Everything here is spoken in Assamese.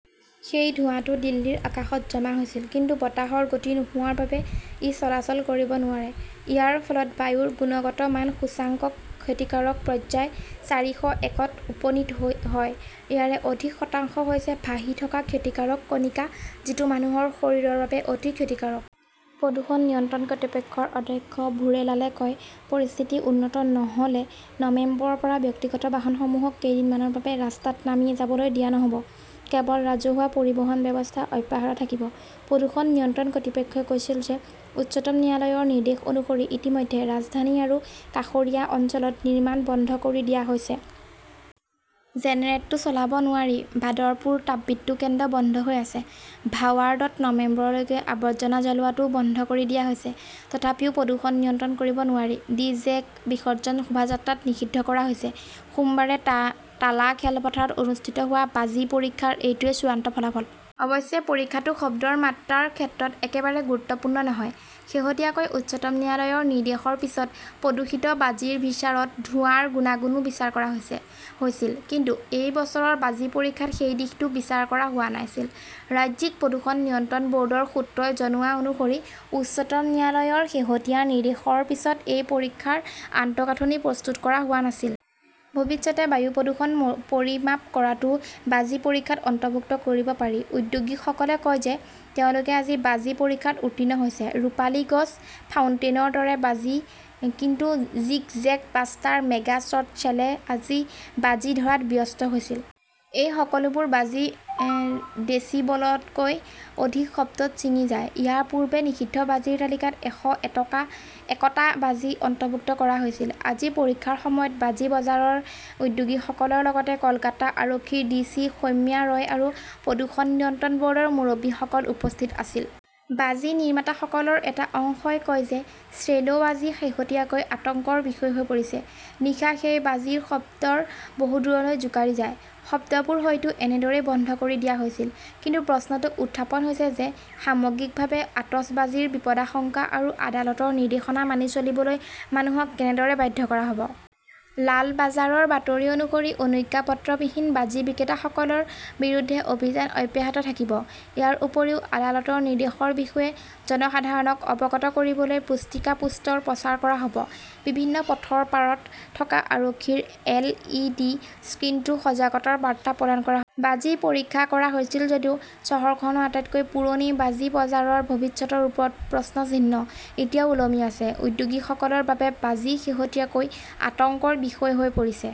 সেই ধোঁৱাটো দিল্লীৰ আকাশত জমা হৈছিল। কিন্তু বতাহৰ গতি নোহোৱাৰ বাবে ই চলাচল কৰিব নোৱাৰে। ইয়াৰ ফলত বায়ুৰ গুণগত মান সূচকাংক ক্ষতিকাৰক পৰ্যায় চাৰিশ একত উপনীত হয়। ইয়াৰে অধিক শতাংশ হৈছে ভাহি থকা ক্ষতিকাৰক কণিকা, যিটো মানুহৰ শৰীৰৰ বাবে অতি ক্ষতিকাৰক। প্ৰদূষণ নিয়ন্ত্ৰণ কৰ্তৃপক্ষৰ অধ্যক্ষ ভুৰেলালে কয়, "পৰিস্থিতি উন্নত নহ" লে নৱেম্বৰৰ পৰা ব্যক্তিগত বাহনসমূহক কেইদিনমানৰ বাবে ৰাস্তাত নামি যাবলৈ দিয়া নহব। কেৱল ৰাজহুৱা পৰিবহণ ব্যৱস্থা অব্যাহত থাকিব"। প্ৰদূষণ নিয়ন্ত্ৰণ কৰ্তৃপক্ষই কৈছিল যে, উচ্চতম ন্যায়ালয়ৰ নিৰ্দেশ অনুসৰি ইতিমধ্যে ৰাজধানী আৰু কাষৰীয়া অঞ্চলত নিৰ্মাণ বন্ধ কৰি দিয়া হৈছে। জেনেৰেটৰটো চলাব নোৱাৰি। বাদৰপুৰ তাপবিদ্যুৎ কেন্দ্ৰ বন্ধ হৈ আছে। ভাৱাৰ্ডত নৱেম্বৰলৈকে আৱৰ্জনা জ্বলোৱাটোও বন্ধ কৰি দিয়া হৈছে। তথাপিও প্ৰদূষণ নিয়ন্ত্ৰণ কৰিব নোৱাৰি। ডি. জে. ক বিসৰ্জন শোভাযাত্ৰাত নিষিদ্ধ কৰা হৈছে। সোমবাৰে টালা খেলপথাৰত অনুষ্ঠিত হোৱা বাজি পৰীক্ষাৰ এইটোৱেই চূড়ান্ত ফলাফল । অৱশ্যে, পৰীক্ষাটো শব্দৰ মাত্ৰাৰ ক্ষেত্ৰত একেবাৰে গুৰুত্বপূৰ্ণ নহয়। শেহতীয়াকৈ উচ্চতম ন্যায়ালয়ৰ নিৰ্দেশৰ পিছত প্ৰদূষিত বাজিৰ বিচাৰত ধোঁৱাৰ গুণাগুণো বিচাৰ কৰা হৈছিল। কিন্তু এই বছৰৰ বাজি পৰীক্ষাত সেই দিশটো বিচাৰ কৰা হোৱা নাছিল। ৰাজ্যিক প্ৰদূষণ নিয়ন্ত্ৰণ বৰ্ডৰ সূত্ৰই জনোৱা অনুসৰি, উচ্চতম ন্যায়ালয়ৰ শেহতীয়া নিৰ্দেশৰ পিছত এই পৰীক্ষাৰ আন্তঃগাঁথনি প্ৰস্তুত কৰা হোৱা নাছিল। ভৱিষ্যতে বায়ু প্ৰদূষণ পৰিমাপ কৰাটোও বাজি পৰীক্ষাত অন্তৰ্ভুক্ত কৰিব পাৰি। উদ্যোগীসকলে কয় যে, তেওঁলোকে আজি বাজি পৰীক্ষাত উত্তীৰ্ণ হৈছে 'ৰূপালী গছ ",' ফাউণ্টেন"ৰ দৰে বাজি। কিন্তু zigzag, buster, mega shot শ্বেলে বাজি ধৰাত ব্যস্ত হৈছিল। এই সকলোবোৰ বাজি ডেচিবলতকৈ অধিক শব্দত ছিঙি যায়। ইয়াৰ পূৰ্বে নিষিদ্ধ বাজিৰ তালিকাত এশএকটা বাজি অন্তৰ্ভুক্ত কৰা হৈছিল। আজি পৰীক্ষাৰ সময়ত বাজি বজাৰৰ উদ্যোগীসকলৰ লগতে কলকাতা আৰক্ষীৰ ডিচি সৌম্যা ৰয় আৰু প্ৰদূষণ নিয়ন্ত্ৰণ বৰ্ডৰ মুৰব্বীসকল উপস্থিত আছিল। বাজি নিৰ্মাতাসকলৰ এটা অংশই কয় যে, "শ্বেল" বাজি শেহতীয়াকৈ আতংকৰ বিষয় হৈ পৰিছে। নিশা সেই বাজিৰ শব্দ বহু দূৰলৈ জোকাৰি যায়। শব্দবোৰ হয়তো এনেদৰেই বন্ধ কৰি দিয়া হৈছিল। কিন্তু প্ৰশ্নটো উত্থাপন হৈছে যে, সামগ্ৰিকভাৱে আতচবাজীৰ বিপদাশংকা আৰু আদালতৰ নিৰ্দেশনা মানি চলিবলৈ মানুহক কেনেদৰে বাধ্য কৰা হব? লালবাজাৰৰ বাতৰি অনুসৰি, অনুজ্ঞাপত্ৰবিহীন বাজি বিক্ৰেতাসকলৰ বিৰুদ্ধে অভিযান অব্যাহত থাকিব। ইয়াৰ উপৰিও, আদালতৰ নিৰ্দেশৰ বিষয়ে জনসাধাৰণক অৱগত কৰিবলৈ পুস্তিকা, পোষ্টাৰ প্ৰচাৰ কৰা হব। বিভিন্ন পথৰ পাৰত থকা আৰক্ষীৰ এল. ই. ডি. স্ক্ৰীণতো সজাগতাৰ বাৰ্তা প্ৰদান কৰা। বাজি পৰীক্ষা কৰা হৈছিল যদিও, চহৰখনৰ আটাইতকৈ পুৰণি বাজি বজাৰৰ ভৱিষ্যতৰ ওপৰত প্ৰশ্নচিহ্ন এতিয়াও ওলমি আছে। উদ্যোগীসকলৰ বাবে বাজি শেহতীয়াকৈ আতংকৰ বিষয় হৈ পৰিছে।